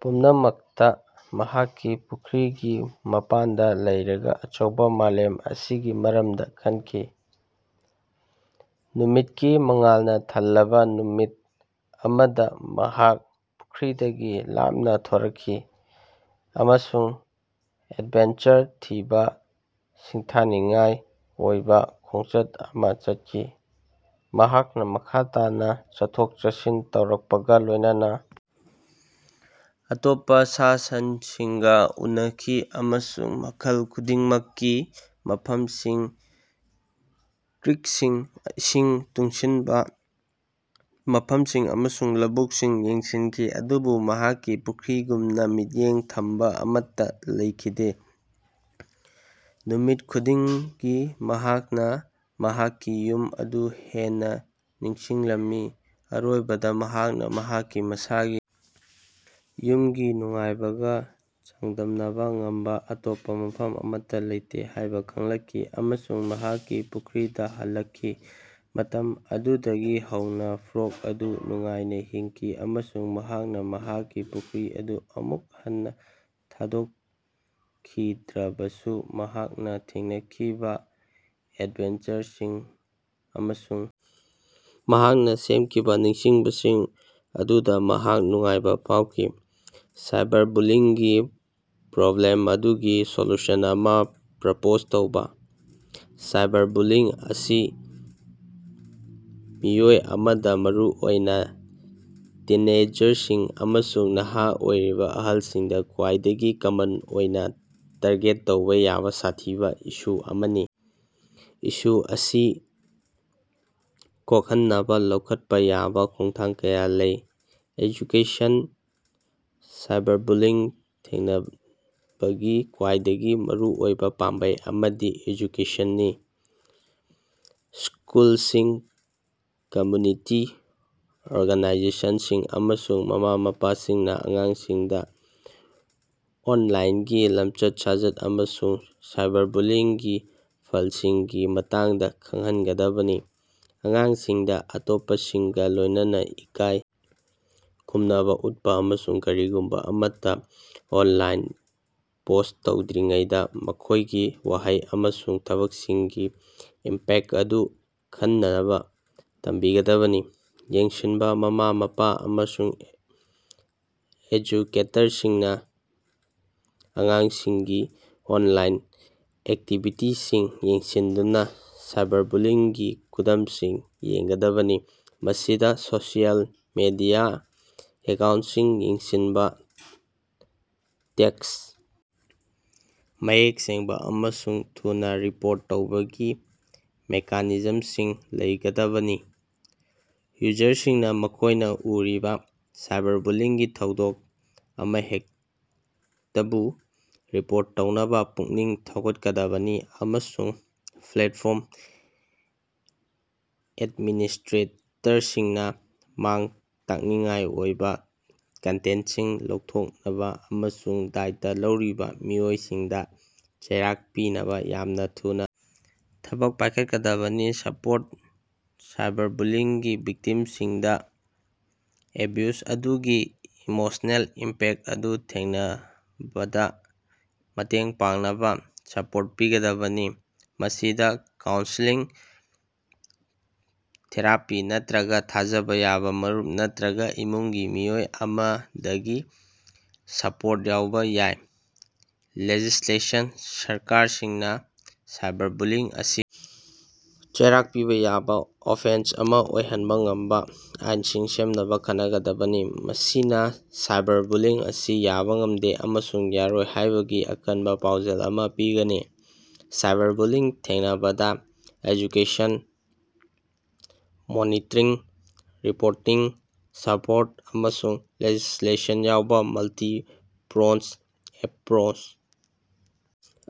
ꯄꯨꯝꯅꯃꯛꯇ ꯃꯍꯥꯛꯀꯤ ꯄꯨꯈ꯭ꯔꯤꯒꯤ ꯃꯄꯥꯟꯗ ꯂꯩꯔꯒ ꯑꯆꯧꯕ ꯃꯥꯂꯦꯝ ꯑꯁꯤꯒꯤ ꯃꯔꯝꯗ ꯈꯟꯈꯤ꯫ ꯅꯨꯃꯤꯠꯀꯤ ꯃꯉꯥꯜꯅ ꯊꯜꯂꯕ ꯅꯨꯃꯤꯠ ꯑꯃꯗ ꯃꯍꯥꯛ ꯄꯨꯈ꯭ꯔꯤꯗꯒꯤ ꯂꯥꯞꯅ ꯊꯣꯔꯛꯈꯤ ꯑꯃꯁꯨꯡ ꯑꯦꯗꯚꯦꯟꯆꯔ ꯊꯤꯕ ꯁꯤꯡꯊꯥꯅꯤꯡꯉꯥꯏ ꯑꯣꯏꯕ ꯈꯣꯡꯆꯠ ꯑꯃ ꯆꯠꯈꯤ꯫ ꯃꯍꯥꯛꯅ ꯃꯈꯥ ꯇꯥꯅ ꯆꯠꯊꯣꯛ-ꯆꯠꯁꯤꯟ ꯇꯧꯔꯛꯄꯒ ꯂꯣꯢꯅꯅ ꯑꯇꯣꯞꯄꯥ ꯁꯥ-ꯁꯟꯁꯤꯡꯒ ꯎꯅꯈꯤ ꯑꯃꯁꯨꯡ ꯃꯈꯜ ꯈꯨꯗꯤꯡꯃꯛꯀꯤ ꯃꯐꯝꯁꯤꯡ, ꯀ꯭ꯔꯤꯛꯁꯤꯡ, ꯏꯁꯤꯡ ꯇꯨꯡꯁꯤꯟꯕ ꯃꯐꯝꯁꯤꯡ ꯑꯃꯁꯨꯡ ꯂꯧꯕꯨꯛꯁꯤꯡ ꯌꯦꯡꯁꯤꯟꯈꯤ, ꯑꯗꯨꯕꯨ ꯃꯍꯥꯛꯀꯤ ꯄꯨꯈ꯭ꯔꯤꯒꯨꯝꯅ ꯃꯤꯠꯌꯦꯡ ꯊꯝꯕ ꯑꯃꯠꯇ ꯂꯩꯈꯤꯗꯦ꯫ ꯅꯨꯃꯤꯠ ꯈꯨꯗꯤꯡꯒꯤ ꯃꯍꯥꯛꯅ ꯃꯍꯥꯛꯀꯤ ꯌꯨꯝ ꯑꯗꯨ ꯍꯦꯟꯅ ꯅꯤꯡꯁꯤꯡꯂꯝꯃꯤ꯫ ꯑꯔꯣꯏꯕꯗꯥ ꯃꯍꯥꯛꯅ ꯃꯍꯥꯛꯀꯤ ꯃꯁꯥꯒꯤ ꯌꯨꯝꯒꯤ ꯅꯨꯡꯉꯥꯏꯕꯒ ꯆꯥꯡꯗꯝꯅꯕ ꯉꯝꯕ ꯑꯇꯣꯞꯄ ꯃꯐꯝ ꯑꯃꯠꯇ ꯂꯩꯇꯦ ꯍꯥꯏꯕ ꯈꯪꯂꯛꯈꯤ, ꯑꯃꯁꯨꯡ ꯃꯍꯥꯛꯀꯤ ꯄꯨꯈ꯭ꯔꯤꯗ ꯍꯜꯂꯛꯈꯤ꯫ ꯃꯇꯝ ꯑꯗꯨꯗꯒꯤ ꯍꯧꯅꯥ ꯐ꯭ꯔꯣꯛ ꯑꯗꯨ ꯅꯨꯡꯉꯥꯏꯅ ꯍꯤꯡꯈꯤ ꯑꯃꯁꯨꯡ ꯃꯍꯥꯛꯅ ꯃꯍꯥꯛꯀꯤ ꯄꯨꯈ꯭ꯔꯤ ꯑꯗꯨ ꯑꯃꯨꯛ ꯍꯟꯅ ꯊꯥꯗꯣꯛꯈꯤꯗ꯭ꯔꯕꯁꯨ ꯃꯍꯥꯛꯅ ꯊꯦꯡꯅꯈꯤꯕꯥ ꯑꯦꯗꯚꯦꯟꯆꯔꯁꯤꯡ ꯑꯃꯁꯨꯡ ꯃꯍꯥꯛꯅ ꯁꯦꯝꯈꯤꯕ ꯅꯤꯡꯁꯤꯡꯕꯁꯤꯡ ꯑꯗꯨꯗ ꯃꯍꯥꯛ ꯅꯨꯡꯉꯥꯏꯕ ꯐꯥꯎꯈꯤ꯫ ꯁꯥꯏꯕꯔꯕꯨꯂꯤꯡꯒꯤ ꯄ꯭ꯔꯣꯕ꯭ꯂꯦꯝ ꯑꯗꯨꯒꯤ ꯁꯣꯂꯨꯁꯟ ꯑꯃ ꯄ꯭ꯔꯄꯣꯖ ꯇꯧꯕ꯫ ꯁꯥꯏꯕꯔꯕꯨꯂꯤꯡ ꯑꯁꯤ ꯃꯤꯑꯣꯏ ꯑꯃꯗ, ꯃꯔꯨꯑꯣꯢꯅ ꯇꯤꯟꯑꯦꯖꯔꯁꯤꯡ ꯑꯃꯁꯨꯡ ꯅꯍꯥ ꯑꯣꯏꯔꯤꯕ ꯑꯍꯜꯁꯤꯡꯗ, ꯈ꯭ꯋꯥꯏꯗꯒꯤ ꯀꯃꯟ ꯑꯣꯏꯅ ꯇꯥꯔꯒꯦꯠ ꯇꯧꯕ ꯌꯥꯕ ꯁꯥꯊꯤꯕ ꯏꯁꯨ ꯑꯃꯅꯤ꯫ ꯏꯁꯨ ꯑꯁꯤ ꯀꯣꯛꯍꯟꯅꯕ ꯂꯧꯈꯠꯄ ꯌꯥꯕ ꯈꯣꯡꯊꯥꯡ ꯀꯌꯥ ꯂꯩ: ꯑꯦꯖꯨꯀꯦꯁꯟ: ꯁꯥꯏꯕꯔꯕꯨꯂꯤꯡ ꯊꯦꯡꯅꯕꯒꯤ ꯈ꯭ꯋꯥꯏꯗꯒꯤ ꯃꯔꯨꯑꯣꯏꯕ ꯄꯥꯝꯕꯩ ꯑꯃꯗꯤ ꯑꯦꯖꯨꯀꯦꯁꯟꯅꯤ꯫ ꯁ꯭ꯀꯨꯜꯁꯤꯡ, ꯀꯝꯃꯨꯅꯤꯇꯤ ꯑꯣꯔꯒꯥꯅꯥꯏꯖꯦꯁꯟꯁꯤꯡ ꯑꯃꯁꯨꯡ ꯃꯃꯥ-ꯃꯄꯥꯁꯤꯡꯅ ꯑꯉꯥꯡꯁꯤꯡꯗ ꯑꯣꯟꯂꯥꯏꯟꯒꯤ ꯂꯝꯆꯠ-ꯁꯥꯖꯠ ꯑꯃꯁꯨꯡ ꯁꯥꯏꯕꯔꯕꯨꯂꯤꯡꯒꯤ ꯐꯜꯁꯤꯡꯒꯤ ꯃꯇꯥꯡꯗ ꯈꯪꯍꯟꯒꯗꯕꯅꯤ꯫ ꯑꯉꯥꯡꯁꯤꯡꯗ ꯑꯇꯣꯞꯄꯁꯤꯡꯒ ꯂꯣꯢꯅꯅ ꯏꯀꯥꯏ ꯈꯨꯝꯅꯕꯥ ꯎꯠꯄ ꯑꯃꯁꯨꯡ ꯀꯔꯤꯒꯨꯝꯕ ꯑꯃꯠꯇ ꯑꯣꯅꯂꯥꯏꯟꯗ ꯄꯣꯁ꯭ꯠ ꯇꯧꯗ꯭ꯔꯤꯉꯩꯗꯥ ꯃꯈꯣꯏꯒꯤ ꯋꯥꯍꯩ ꯑꯃꯁꯨꯡ ꯊꯕꯛꯁꯤꯡꯒꯤ ꯏꯝꯄꯦꯛ ꯑꯗꯨ ꯈꯟꯅꯅꯕ ꯇꯝꯕꯤꯒꯗꯕꯅꯤ꯫ ꯌꯦꯡꯁꯤꯟꯕꯥ: ꯃꯃꯥ-ꯃꯄꯥ ꯑꯃꯁꯨꯡ ꯑꯦꯖꯨꯀꯦꯇꯔꯁꯤꯡꯅ ꯑꯉꯥꯡꯁꯤꯡꯒꯤ ꯑꯣꯟꯂꯥꯏꯟ ꯑꯦꯛꯇꯤꯚꯤꯇꯤꯁꯤꯡ ꯌꯦꯡꯁꯤꯟꯗꯨꯅꯥ ꯁꯥꯏꯕꯔꯕꯨꯂꯤꯡꯒꯤ ꯈꯨꯗꯝꯁꯤꯡ ꯌꯦꯡꯒꯗꯕꯅꯤ꯫ ꯃꯁꯤꯗ ꯁꯣꯁꯤꯑꯦꯜ ꯃꯤꯗꯤꯌꯥ ꯑꯦꯀꯥꯎꯟꯁꯤꯡ ꯌꯦꯡꯁꯤꯟꯕꯥ, ꯇꯦꯛꯁ ꯃꯌꯦꯛ ꯁꯦꯡꯕ ꯑꯃꯁꯨꯡ ꯊꯨꯅꯥ ꯔꯤꯄꯣꯔꯠ ꯇꯧꯕꯒꯤ ꯃꯦꯀꯥꯅꯤꯖꯝꯁꯤꯡ ꯂꯩꯒꯗꯕꯅꯤ꯫ ꯌꯨꯖꯔꯁꯤꯡꯅ ꯃꯈꯣꯢꯅ ꯎꯔꯤꯕ ꯁꯥꯏꯕꯔꯕꯨꯂꯤꯡꯒꯤ ꯊꯧꯗꯣꯛ ꯑꯃꯍꯦꯛꯇꯕꯨ ꯔꯤꯄꯣꯔꯠ ꯇꯧꯅꯕ ꯄꯨꯛꯅꯤꯡ ꯊꯧꯒꯠꯀꯗꯕꯅꯤ, ꯑꯃꯁꯨꯡ ꯄ꯭ꯂꯦꯠꯐꯣꯔꯝ ꯑꯦꯗꯃꯤꯅꯤꯁꯇ꯭ꯔꯦꯇꯔꯁꯤꯡꯅ ꯃꯥꯡ-ꯇꯥꯛꯅꯤꯡꯉꯥꯏ ꯑꯣꯏꯕ ꯀꯟꯇꯦꯟꯁꯤꯡ ꯂꯧꯊꯣꯛꯅꯕ ꯑꯃꯁꯨꯡ ꯗꯥꯏꯇꯥ ꯂꯧꯔꯤꯕ ꯃꯤꯑꯣꯏꯁꯤꯡꯗ ꯆꯩꯔꯥꯛ ꯄꯤꯅꯕꯥ ꯌꯥꯝꯅ ꯊꯨꯅꯥ ꯊꯕꯛ ꯄꯥꯢꯈꯠꯀꯗꯕꯅꯤ꯫ ꯁꯄꯣꯔꯠ: ꯁꯥꯏꯕꯔꯕꯨꯂꯤꯡꯒꯤ ꯚꯤꯛꯇꯤꯝꯁꯤꯡꯗ ꯑꯦꯕ꯭ꯌꯨꯖ ꯑꯗꯨꯒꯤ ꯏꯃꯣꯁꯅꯦꯜ ꯏꯝꯄꯦꯛ ꯑꯗꯨ ꯊꯦꯡꯅꯕꯗ ꯃꯇꯦꯡ ꯄꯥꯡꯅꯕ ꯁꯄꯣꯔꯠ ꯄꯤꯒꯗꯕꯅꯤ꯫ ꯃꯁꯤꯗ ꯀꯥꯎꯟꯁꯦꯂꯤꯡ, ꯊꯦꯔꯥꯄꯤ ꯅꯠꯇ꯭ꯔꯒ ꯊꯥꯖꯕ ꯌꯥꯕ ꯃꯔꯨꯞ ꯅꯠꯇ꯭ꯔꯒ ꯏꯃꯨꯡꯒꯤ ꯃꯤꯑꯣꯏ ꯑꯃꯗꯒꯤ ꯁꯄꯣꯔꯠ ꯌꯥꯎꯕ ꯌꯥꯏ꯫ ꯂꯦꯖꯤꯁ꯭ꯂꯦꯁꯟ: ꯁꯔꯀꯥꯔꯁꯤꯡꯅ ꯁꯥꯏꯕꯔꯕꯨꯂꯤꯡ ꯑꯁꯤ ꯆꯩꯔꯥꯛ ꯄꯤꯕ ꯌꯥꯕ ꯑꯣꯐꯦꯟꯁ ꯑꯃ ꯑꯣꯏꯍꯟꯕ ꯉꯝꯕ ꯑꯥꯏꯟꯁꯤꯡ ꯁꯦꯝꯅꯕ ꯈꯟꯅꯒꯗꯕꯅꯤ꯫ ꯃꯁꯤꯅ ꯁꯥꯏꯕꯔꯕꯨꯂꯤꯡ ꯑꯁꯤ ꯌꯥꯕ ꯉꯝꯗꯦ ꯑꯃꯁꯨꯡ ꯌꯥꯔꯣꯏ ꯍꯥꯏꯕꯒꯤ ꯑꯀꯟꯕꯥ ꯄꯥꯎꯖꯦꯜ ꯑꯃ ꯄꯤꯒꯅꯤ꯫ ꯁꯥꯏꯕꯔꯕꯨꯂꯤꯡ ꯊꯦꯡꯅꯕꯗꯥ ꯑꯦꯖꯨꯀꯦꯁꯟ, ꯃꯣꯅꯤꯇꯔꯤꯡ, ꯔꯤꯄꯣꯔꯇꯤꯡ, ꯁꯄꯣꯔꯠ ꯑꯃꯁꯨꯡ ꯂꯦꯖꯤꯁꯂꯦꯁꯟ ꯌꯥꯎꯕ ꯃꯜꯇꯤ-ꯄ꯭ꯔꯣꯡꯖ ꯑꯦꯄ꯭ꯔꯣꯁ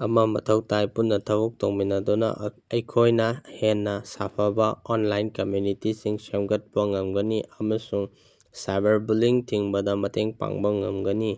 ꯑꯃ ꯃꯊꯧ ꯇꯥꯏ꯫ ꯄꯨꯟꯅꯥ ꯊꯕꯛ ꯇꯧꯃꯤꯟꯅꯗꯨꯅ ꯑꯩꯈꯣꯏꯅ ꯍꯦꯟꯅ ꯁꯥꯐꯕ ꯑꯣꯅꯂꯥꯏꯟ ꯀꯝꯃꯨꯅꯤꯇꯤꯁꯤꯡ ꯁꯦꯝꯒꯠꯄ ꯉꯝꯒꯅꯤ ꯑꯃꯁꯨꯡ ꯁꯥꯏꯕꯔꯕꯨꯂꯤꯡ ꯊꯤꯡꯕꯗꯥ ꯃꯇꯦꯡ ꯄꯥꯡꯕ ꯉꯝꯒꯅꯤ꯫